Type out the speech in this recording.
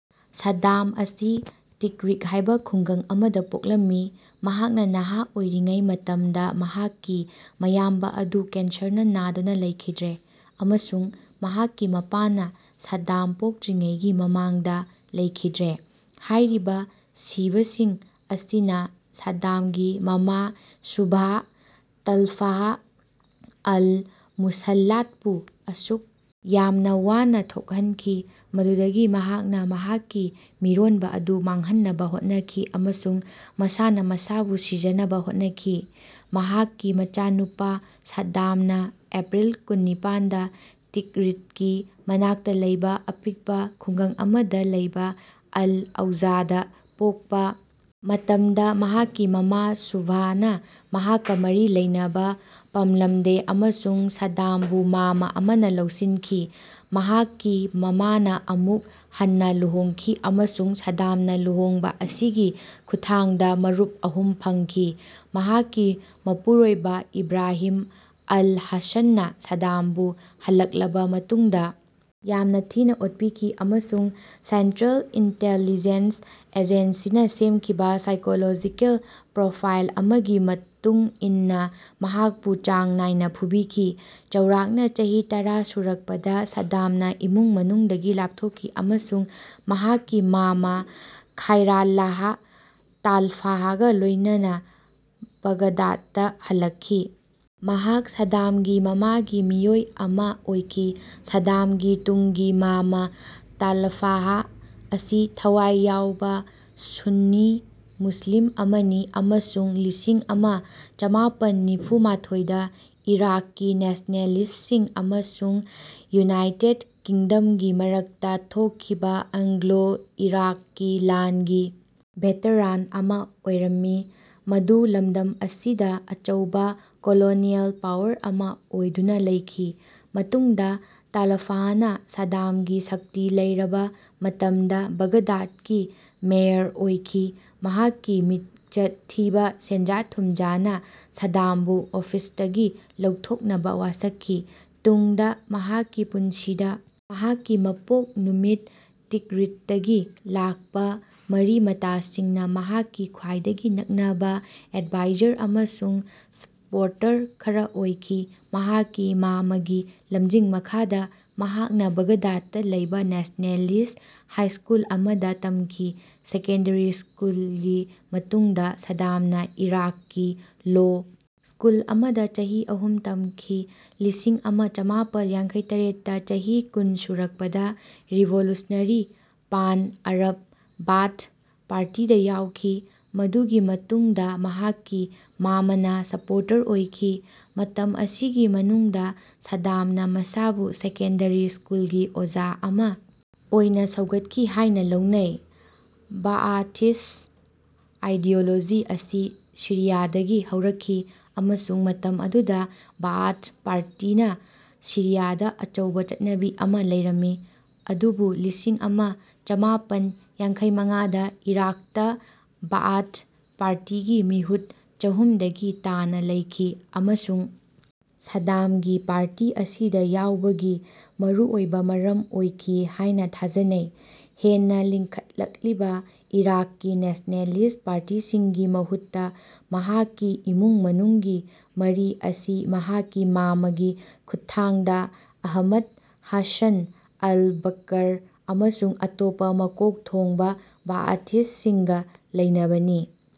ꯁꯥꯗꯗꯥꯝ ꯑꯁꯤ ꯇꯤꯛꯔꯤꯛ ꯍꯥꯏꯕ ꯈꯨꯡꯒꯪ ꯑꯃꯗ ꯄꯣꯛꯂꯝꯃꯤ꯫ ꯃꯍꯥꯛꯅ ꯅꯍꯥ ꯑꯣꯏꯔꯤꯉꯩ ꯃꯇꯝꯗ ꯃꯍꯥꯛꯀꯤ ꯃꯌꯥꯝꯕ ꯑꯗꯨ ꯀꯦꯟꯁꯔꯅ ꯅꯥꯗꯨꯅ ꯂꯩꯈꯤꯗ꯭ꯔꯦ ꯑꯃꯁꯨꯡ ꯃꯍꯥꯛꯀꯤ ꯃꯄꯥꯥꯅ ꯁꯥꯗꯗꯥꯝ ꯄꯣꯛꯇ꯭ꯔꯤꯉꯩꯒꯤ ꯃꯃꯥꯡꯗ ꯂꯩꯈꯤꯗ꯭ꯔꯦ꯫ ꯍꯥꯏꯔꯤꯕ ꯁꯤꯕꯁꯤꯡ ꯑꯁꯤꯅ ꯁꯥꯗꯗꯥꯝꯒꯤ ꯃꯃꯥ ꯁꯨꯚꯥ ꯇꯜꯐꯥꯍ ꯑꯜ-ꯃꯨꯁꯜꯂꯥꯠꯄꯨ ꯑꯁꯨꯛ ꯌꯥꯝꯅ ꯋꯥꯅ ꯊꯣꯛꯍꯟꯈꯤ ꯃꯗꯨꯗꯒꯤ ꯃꯍꯥꯛꯅ ꯃꯍꯥꯛꯀꯤ ꯃꯤꯔꯣꯟꯕ ꯑꯗꯨ ꯃꯥꯡꯍꯟꯅꯕ ꯍꯣꯠꯅꯈꯤ ꯑꯃꯁꯨꯡ ꯃꯁꯥꯅ ꯃꯁꯥꯕꯨ ꯁꯤꯖꯅꯕ ꯍꯣꯠꯅꯈꯤ꯫ ꯃꯍꯥꯛꯀꯤ ꯃꯆꯥꯅꯨꯄ ꯁꯥꯗꯗꯥꯝꯅ ꯑꯦꯄ꯭ꯔꯤꯜ ꯀꯨꯟ - ꯅꯤꯄꯥꯟꯗ ꯇꯤꯛꯔꯤꯠꯀꯤ ꯃꯅꯥꯛꯇ ꯂꯩꯕ ꯑꯄꯤꯛꯄ ꯈꯨꯡꯒꯪ ꯑꯃꯗ ꯂꯩꯕ ꯑꯜ - ꯑꯧꯖꯥꯗ ꯄꯣꯛꯄ ꯃꯇꯝꯗ ꯃꯍꯥꯛꯀꯤ ꯃꯃꯥ ꯁꯨꯚꯥꯅ ꯃꯍꯥꯛꯀ ꯃꯔꯤ ꯂꯩꯅꯕ ꯄꯝꯂꯝꯗꯦ ꯑꯃꯁꯨꯡ ꯁꯥꯗꯗꯥꯝꯕꯨ ꯃꯥꯝꯃ ꯑꯃꯅ ꯂꯧꯁꯤꯟꯈꯤ꯫ ꯃꯍꯥꯛꯀꯤ ꯃꯃꯥꯅ ꯑꯃꯨꯛ ꯍꯟꯅ ꯂꯨꯍꯣꯡꯈꯤ ꯑꯃꯁꯨꯡ ꯁꯥꯗꯗꯥꯝꯅ ꯂꯨꯍꯣꯡꯕ ꯑꯁꯤꯒꯤ ꯈꯨꯠꯊꯥꯡꯗ ꯃꯔꯨꯞ ꯑꯍꯨꯝ ꯐꯪꯈꯤ꯫ ꯃꯍꯥꯛꯀꯤ ꯃꯄꯨꯔꯣꯏꯕ ꯏꯕ꯭ꯔꯥꯍꯤꯝ ꯑꯜ-ꯍꯥꯁꯥꯟꯅ ꯁꯥꯗꯗꯥꯝꯕꯨ ꯍꯜꯂꯛꯂꯕ ꯃꯇꯨꯡꯗ ꯌꯥꯝꯅ ꯊꯤꯅ ꯑꯣꯠꯄꯤꯈꯤ ꯑꯃꯁꯨꯡ ꯁꯦꯟꯇ꯭ꯔꯦꯜ ꯏꯟꯇꯦꯜꯂꯤꯖꯦꯟꯁ ꯑꯖꯦꯟꯁꯤꯅ ꯁꯦꯝꯈꯤꯕ ꯁꯥꯏꯀꯣꯂꯣꯖꯤꯀꯦꯜ ꯄ꯭ꯔꯣꯐꯥꯏꯜ ꯑꯃꯒꯤ ꯃꯇꯨꯡ ꯏꯟꯅ ꯃꯍꯥꯛꯄꯨ ꯆꯥꯡ ꯅꯥꯏꯅ ꯐꯨꯕꯤꯈꯤ꯫ ꯆꯥꯎꯔꯥꯛꯅ ꯆꯍꯤ ꯇꯔꯥ ꯁꯨꯔꯛꯄꯗ ꯁꯥꯗꯗꯥꯝꯅ ꯏꯃꯨꯡ ꯃꯅꯨꯡꯗꯒꯤ ꯂꯥꯞꯊꯣꯛꯈꯤ ꯑꯃꯁꯨꯡ ꯃꯍꯥꯛꯀꯤ ꯃꯥꯝꯃ ꯈꯥꯏꯔꯥꯜꯂꯥꯍ ꯇꯥꯜꯐꯥꯍꯒ ꯂꯣꯏꯅꯅ ꯕꯥꯒꯗꯥꯗꯇ ꯍꯜꯂꯛꯈꯤ꯫ ꯃꯍꯥꯛ ꯁꯥꯗꯗꯥꯝꯒꯤ ꯃꯃꯥꯒꯤ ꯃꯤꯑꯣꯏ ꯑꯃ ꯑꯣꯏꯈꯤ꯫ ꯁꯥꯗꯗꯥꯝꯒꯤ ꯇꯨꯡꯒꯤ ꯃꯥꯝꯃ ꯇꯥꯂꯐꯥꯍ ꯑꯁꯤ ꯊꯋꯥꯏ ꯌꯥꯎꯕ ꯁꯨꯟꯅꯤ ꯃꯨꯁ꯭ꯂꯤꯝ ꯑꯃꯅꯤ ꯑꯃꯁꯨꯡ ꯂꯤꯁꯤꯡ ꯑꯃ ꯆꯃꯥꯄꯟ ꯅꯤꯐꯨ - ꯃꯥꯊꯣꯏꯗ ꯏꯔꯥꯛꯀꯤ ꯅꯦꯁ꯭ꯅꯦꯂꯤꯁ꯭ꯇꯁꯤꯡ ꯑꯃꯁꯨꯡ ꯌꯨꯅꯥꯏꯇꯦꯗ ꯀꯤꯡꯗꯝꯒꯤ ꯃꯔꯛꯇ ꯊꯣꯛꯈꯤꯕ ꯑꯪꯒ꯭ꯂꯣ ꯏꯔꯥꯛꯀꯤ ꯂꯥꯟꯒꯤ ꯚꯦꯇꯔꯥꯟ ꯑꯃ ꯑꯣꯏꯔꯝꯃꯤ꯫ ꯃꯗꯨ ꯂꯝꯗꯝ ꯑꯁꯤꯗ ꯑꯆꯧꯕ ꯀꯣꯂꯣꯅꯤꯑꯦꯜ ꯄꯥꯋꯔ ꯑꯃ ꯑꯣꯏꯗꯨꯅ ꯂꯩꯈꯤ꯫ ꯃꯇꯨꯡꯗ ꯇꯥꯂꯐꯥꯍꯅ ꯁꯥꯗꯗꯥꯝꯒꯤ ꯁꯛꯇꯤ ꯂꯩꯔꯕ ꯃꯇꯝꯗ ꯕꯥꯒꯗꯥꯗꯀꯤ ꯃꯦꯌꯔ ꯑꯣꯏꯈꯤ꯫ ꯃꯍꯥꯛꯀꯤ ꯃꯤꯡꯆꯠ ꯊꯤꯕ ꯁꯦꯟꯖꯥ ꯊꯨꯝꯖꯥꯅ ꯁꯥꯗꯗꯥꯝꯕꯨ ꯑꯣꯐꯤꯁꯇꯒꯤ ꯂꯧꯊꯣꯛꯅꯕ ꯋꯥꯁꯛꯈꯤ꯫ ꯇꯨꯡꯗ ꯃꯍꯥꯛꯀꯤ ꯄꯨꯟꯁꯤꯗ ꯃꯍꯥꯛꯀꯤ ꯃꯄꯣꯛ ꯅꯨꯃꯤꯠ ꯇꯤꯛꯔꯤꯠꯇꯒꯤ ꯂꯥꯛꯄ ꯃꯔꯤ ꯃꯇꯥꯁꯤꯡꯅ ꯃꯍꯥꯛꯀꯤ ꯈ꯭ꯋꯥꯏꯗꯒꯤ ꯅꯛꯅꯕ ꯑꯦꯗꯚꯥꯏꯖꯔ ꯑꯃꯁꯨꯡ ꯁꯄꯣꯔꯇꯔ ꯈꯔ ꯑꯣꯏꯈꯤ꯫ ꯃꯍꯥꯛꯀꯤ ꯃꯥꯝꯃꯒꯤ ꯂꯝꯖꯤꯡ ꯃꯈꯥꯗ ꯃꯍꯥꯛꯅ ꯕꯥꯒꯗꯥꯗꯇ ꯂꯩꯕ ꯅꯦꯁ꯭ꯅꯦꯂꯤꯁ꯭ꯠ ꯍꯥꯏ ꯁ꯭ꯀꯨꯜ ꯑꯃꯗ ꯇꯝꯈꯤ꯫ ꯁꯦꯀꯦꯟꯗꯔꯤ ꯁ꯭ꯀꯨꯜꯒꯤ ꯃꯇꯨꯡꯗ ꯁꯥꯗꯗꯥꯝꯅ ꯏꯔꯥꯛꯀꯤ ꯂꯣ ꯁ꯭ꯀꯨꯜ ꯑꯃꯗ ꯆꯍꯤ ꯑꯍꯨꯝ ꯇꯝꯈꯤ꯫ ꯂꯤꯁꯤꯡ ꯑꯃ ꯆꯃꯥꯄꯜ ꯌꯥꯡꯈꯩꯇꯇꯦꯠꯇ ꯆꯍꯤ ꯀꯨꯟ ꯁꯨꯔꯛꯄꯗ ꯔꯤꯚꯣꯂꯨꯁꯅꯔꯤ ꯄꯥꯟ ꯑꯔꯕ ꯕꯥꯊ ꯄꯥꯔꯇꯤꯗ ꯌꯥꯎꯈꯤ꯫ ꯃꯗꯨꯒꯤ ꯃꯇꯨꯡꯗ ꯃꯍꯥꯛꯀꯤ ꯃꯥꯝꯃꯅ ꯁꯄꯣꯔꯇꯔ ꯑꯣꯏꯈꯤ꯫ ꯃꯇꯝ ꯑꯁꯤꯒꯤ ꯃꯅꯨꯡꯗ ꯁꯥꯗꯗꯥꯝꯅ ꯃꯁꯥꯕꯨ ꯁꯦꯀꯦꯟꯗꯔꯤ ꯁ꯭ꯀꯨꯜꯒꯤ ꯑꯣꯖꯥ ꯑꯃ ꯑꯣꯏꯅ ꯁꯧꯒꯠꯈꯤ ꯍꯥꯏꯅ ꯂꯧꯅꯩ꯫ ꯕꯥꯑꯥꯊꯤꯁ꯭ꯠ ꯑꯥꯏꯗꯤꯑꯣꯂꯣꯖꯤ ꯑꯁꯤ ꯁꯤꯔꯤꯌꯥꯗꯒꯤ ꯍꯧꯔꯛꯈꯤ ꯑꯃꯁꯨꯡ ꯃꯇꯝ ꯑꯗꯨꯗ ꯕꯥꯑꯥꯊ ꯄꯥꯔꯇꯤꯅ ꯁꯤꯔꯤꯌꯥꯗ ꯑꯆꯧꯕ ꯆꯠꯅꯕꯤ ꯑꯃ ꯂꯩꯔꯝꯃꯤ, ꯑꯗꯨꯕꯨ ꯂꯤꯁꯤꯡ ꯑꯃ ꯆꯃꯥꯄꯟ ꯌꯥꯡꯈꯩ ꯃꯉꯥꯗ ꯏꯔꯥꯛꯇ ꯕꯥꯑꯥꯊ ꯄꯥꯔꯇꯤꯒꯤ ꯃꯤꯍꯨꯠ ꯆꯍꯨꯝꯗꯒꯤ ꯇꯥꯅ ꯂꯩꯈꯤ ꯑꯃꯁꯨꯡ ꯁꯥꯗꯗꯥꯝꯒꯤ ꯄꯥꯔꯇꯤ ꯑꯁꯤꯗ ꯌꯥꯎꯕꯒꯤ ꯃꯔꯨꯑꯣꯏꯕ ꯃꯔꯝ ꯑꯣꯏꯈꯤ ꯍꯥꯏꯅ ꯊꯥꯖꯅꯩ꯫ ꯍꯦꯟꯅ ꯂꯤꯡꯈꯠꯂꯛꯂꯤꯕ ꯏꯔꯥꯛꯀꯤ ꯅꯦꯁ꯭ꯅꯦꯂꯤꯁ꯭ꯠ ꯄꯥꯔꯇꯤꯁꯤꯡꯒꯤ ꯃꯍꯨꯠꯇ ꯃꯍꯥꯛꯀꯤ ꯏꯃꯨꯡ ꯃꯅꯨꯡꯒꯤ ꯃꯔꯤ ꯑꯁꯤ ꯃꯍꯥꯛꯀꯤ ꯃꯥꯝꯃꯒꯤ ꯈꯨꯠꯊꯥꯡꯗ ꯑꯍꯃꯗ ꯍꯥꯁꯥꯟ ꯑꯜ-ꯕꯀꯔ ꯑꯃꯁꯨꯡ ꯑꯇꯣꯞꯄ ꯃꯀꯣꯛ ꯊꯣꯡꯕ ꯕꯥꯑꯊꯤꯁꯤꯡꯒ ꯂꯩꯅꯕꯅꯤ꯫